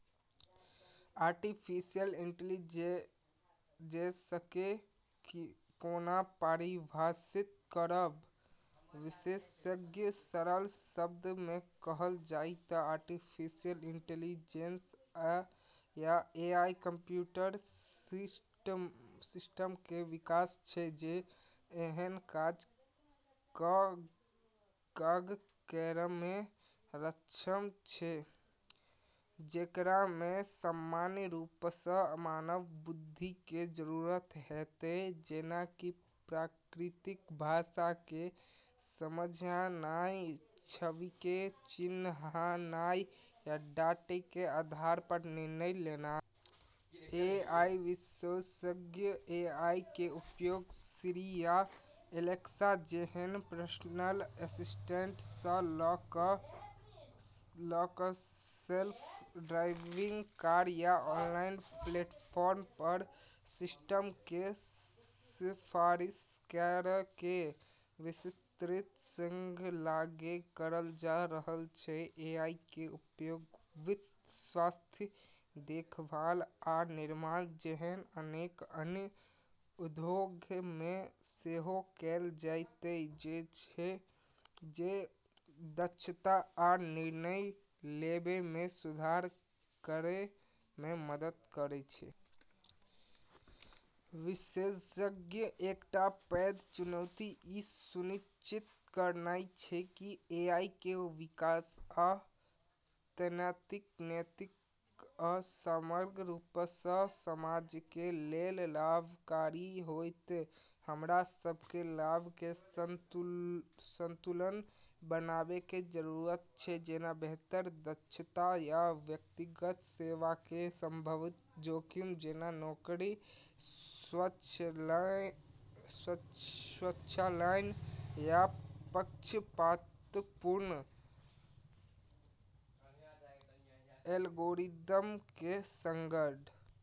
Artificial इंटेलिजेंसके कोना परिभाषित करब? विशेषज्ञ: सरल शब्दमे कहल जाइ त' आर्टिफिशियल इंटेलिजेंस या एआई, कंप्यूटर सिस्टमके विकास छै जे एहन काज काम करैमे सक्षम छै जेकरामे सामान्य रूपसँ मानव बुद्धिके जरूरत हेतै, जेना कि प्राकृतिक भाषाके समझनाइ, छविके चिन्हनाइ, या डाटाके आधार पर निर्णय लेनाइ । ए. आई. विशेषज्ञ: एआईके उपयोग सिरी या एलेक्सा जेहन पर्सनल असिस्टेंट स' ल' क' सेल्फ ड्राइविंग कार या ऑनलाइन प्लेटफॉर्म पर सिस्टमके सिफारिश करैके विस्तृत श्रृंखलामे करल जा रहल छै। एआईके उपयोग वित्त, स्वास्थ्य देखभाल, आ निर्माण जेहन अनेक अन्य उद्योगमे सेहो कैल जाइत छै, जे दक्षता आ निर्णय लेबामे सुधार करैमे मदद करै छै। विशेषज्ञ: एकटा पैघ चुनौती ई सुनिश्चित करनाइ छै कि एआईके विकास आ तैनाती नैतिक आ समग्र रूपसँ समाजके लेल लाभकारी होइत। हमरा सबके लाभके संतुलन बनेबाके जरूरत छै, जेना बेहतर दक्षता या व्यक्तिगत सेवाक, संभावित जोखिम जेना नौकरी स्वचालन या पक्षपातपूर्ण एल्गोरिदमके सङ्ग।